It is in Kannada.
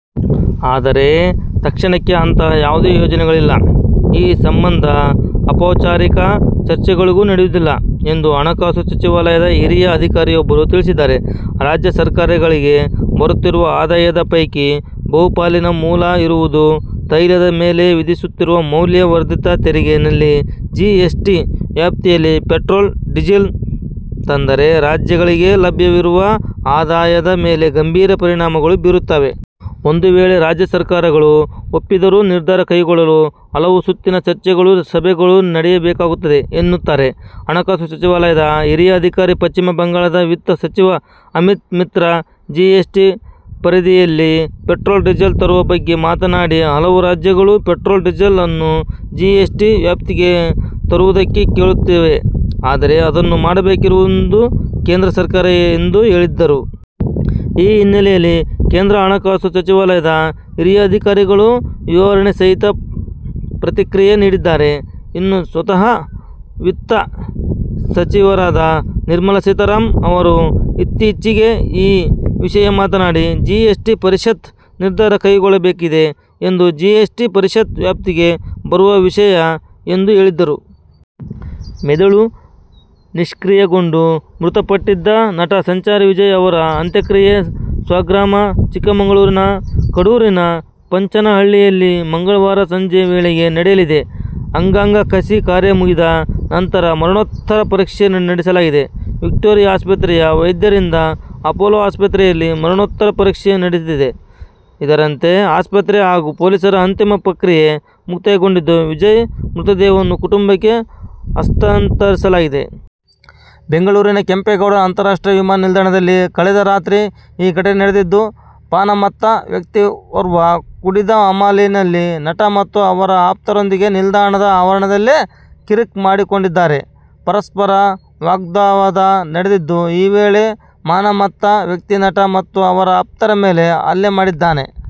ಆದರೆ ತಕ್ಷಣಕ್ಕೆ ಅಂತಹ ಯಾವುದೇ ಯೋಜನೆಗಳಿಲ್ಲ. ಈ ಸಂಬಂಧ ಔಪಚಾರಿಕ ಚರ್ಚೆಗಳೂ ನಡೆದಿಲ್ಲ ಎಂದು ಹಣಕಾಸು ಸಚಿವಾಲಯದ ಹಿರಿಯ ಅಧಿಕಾರಿಯೊಬ್ಬರು ತಿಳಿಸಿದ್ದಾರೆ. ರಾಜ್ಯ ಸರ್ಕಾರಗಳಿಗೆ ಬರುತ್ತಿರುವ ಆದಾಯದ ಪೈಕಿ ಬಹುಪಾಲಿನ ಮೂಲ ಇರುವುದು ತೈಲದ ಮೇಲೆ ವಿಧಿಸುತ್ತಿರುವ ಮೌಲ್ಯ ವರ್ಧಿತ ತೆರಿಗೆ ನಲ್ಲಿ. ಜಿಎಸ್ ಟಿ ವ್ಯಾಪ್ತಿಯಲ್ಲಿ ಪೆಟ್ರೋಲ್, ಡೀಸೆಲ್ ತಂದರೆ ರಾಜ್ಯಗಳಿಗೆ ಲಭ್ಯವಾಗುತ್ತಿರುವ ಆದಾಯದ ಮೇಲೆ ಗಂಭೀರ ಪರಿಣಾಮಗಳು ಬೀರುತ್ತವೆ. ಒಂದು ವೇಳೆ ರಾಜ್ಯ ಸರ್ಕಾರಗಳು ಒಪ್ಪಿದರೂ ನಿರ್ಧಾರ ಕೈಗೊಳ್ಳಲು ಹಲವು ಸುತ್ತಿನ ಚರ್ಚೆಗಳು, ಸಭೆಗಳು ನಡೆಯಬೇಕಾಗುತ್ತದೆ ಎನ್ನುತ್ತಾರೆ ಹಣಕಾಸು ಸಚಿವಾಲಯದ ಹಿರಿಯ ಅಧಿಕಾರಿ. ಪಶ್ಚಿಮ ಬಂಗಾಳದ ವಿತ್ತ ಸಚಿವ ಅಮಿತ್ ಮಿತ್ರ ಜಿಎಸ್ ಟಿ ಪರಿಧಿಯಲ್ಲಿ ಪೆಟ್ರೋಲ್, ಡೀಸೆಲ್ ತರುವ ಬಗ್ಗೆ ಮಾತನಾಡಿ ಹಲವು ರಾಜ್ಯಗಳು ಪೆಟ್ರೋಲ್, ಡೀಸೆಲ್ ನ್ನು ಜಿಎಸ್ ಟಿ ವ್ಯಾಪ್ತಿಗೆ ತರುವುದಕ್ಕೆ ಕೇಳುತ್ತಿವೆ, ಆದರೆ ಅದನ್ನು ಮಾಡಬೇಕಿರುವುದು ಕೇಂದ್ರ ಸರ್ಕಾರ ಎಂದು ಹೇಳಿದ್ದರು. ಈ ಹಿನ್ನೆಲೆಯಲ್ಲಿ ಕೇಂದ್ರ ಹಣಕಾಸು ಸಚಿವಾಲಯದ ಹಿರಿಯ ಅಧಿಕಾರಿಗಳು ವಿವರಣೆ ಸಹಿತ ಪ್ರತಿಕ್ರಿಯೆ ನೀಡಿದ್ದಾರೆ. ಇನ್ನು ಸ್ವತಃ ವಿತ್ತ ಸಚಿವರಾದ ನಿರ್ಮಲಾ ಸೀತಾರಾಮನ್ ಅವರೂ ಇತ್ತೀಚೆಗೆ ಈ ವಿಷಯ ಮಾತನಾಡಿ, ಜಿಎಸ್ ಟಿ ಪರಿಷತ್ ನಿರ್ಧಾರ ಕೈಗೊಳ್ಳಬೇಕಿದೆ. ಅದು ಜಿಎಸ್ ಟಿ ಪರಿಷತ್ ವ್ಯಾಪ್ತಿಗೆ ಬರುವ ವಿಷಯ ಎಂದು ಹೇಳಿದ್ದರು. ಮೆದುಳು ನಿಷ್ಕ್ರಿಯಗೊಂಡು ಮೃತಪಟ್ಟಿದ್ದ ನಟ ಸಂಚಾರಿ ವಿಜಯ್ ಅವರ ಅಂತ್ಯಕ್ರಿಯೆ ಸ್ವಗ್ರಾಮ ಚಿಕ್ಕಮಗಳೂರಿನ ಕಡೂರಿನ ಪಂಚನಹಳ್ಳಿಯಲ್ಲಿ ಮಂಗಳವಾರ ಸಂಜೆ ವೇಳೆಗೆ ನಡೆಯಲಿದೆ. ಅಂಗಾಂಗ ಕಸಿ ಕಾರ್ಯ ಮುಗಿದ ನಂತರ ಮರಣೋತ್ತರ ಪರೀಕ್ಷೆ ನಡೆಸಲಾಗಿದೆ. ವಿಕ್ಟೋರಿಯಾ ಆಸ್ಪತ್ರೆಯ ವೈದ್ಯರಿಂದ ಅಪೋಲೊ ಆಸ್ಪತ್ರೆಯಲ್ಲಿ ಮರಣೋತ್ತರ ಪರೀಕ್ಷೆ ನಡೆದಿದೆ. ಇದರಂತೆ ಆಸ್ಪತ್ರೆ ಹಾಗೂ ಪೊಲೀಸರ ಅಂತಿಮ ಪ್ರಕ್ರಿಯೆ ಮುಕ್ತಾಯಗೊಂಡಿದ್ದು, ವಿಜಯ್ ಮೃತದೇಹವನ್ನು ಕುಟುಂಬಕ್ಕೆ ಹಸ್ತಾಂತರಿಸಲಾಗಿದೆ. ಬೆಂಗಳೂರಿನ ಕೆಂಪೇಗೌಡ ಅಂತಾರಾಷ್ಟ್ರೀಯ ವಿಮಾನ ನಿಲ್ದಾಣದಲ್ಲಿ ಕಳೆದ ರಾತ್ರಿ ಈ ಘಟನೆ ನಡೆದಿದ್ದು, ಪಾನಮತ್ತ ವ್ಯಕ್ತಿಯೋರ್ವ ಕುಡಿದ ಅಮಲಿನಲ್ಲಿ ನಟ ಮತ್ತು ಅವರ ಆಪ್ತರೊಂದಿಗೆ ನಿಲ್ದಾಣದ ಆವರಣದಲ್ಲೇ ಕಿರಿಕ್ ಮಾಡಿಕೊಂಡಿದ್ದಾರೆ. ಪರಸ್ಪರ ವಾಗ್ವಾದ ನಡೆದಿದ್ದು ಈ ವೇಳೆ ಪಾನಮತ್ತ ವ್ಯಕ್ತಿ ನಟ ಮತ್ತು ಅವರ ಆಪ್ತರ ಮೇಲೆ ಹಲ್ಲೆ ಮಾಡಿದ್ದಾನೆ.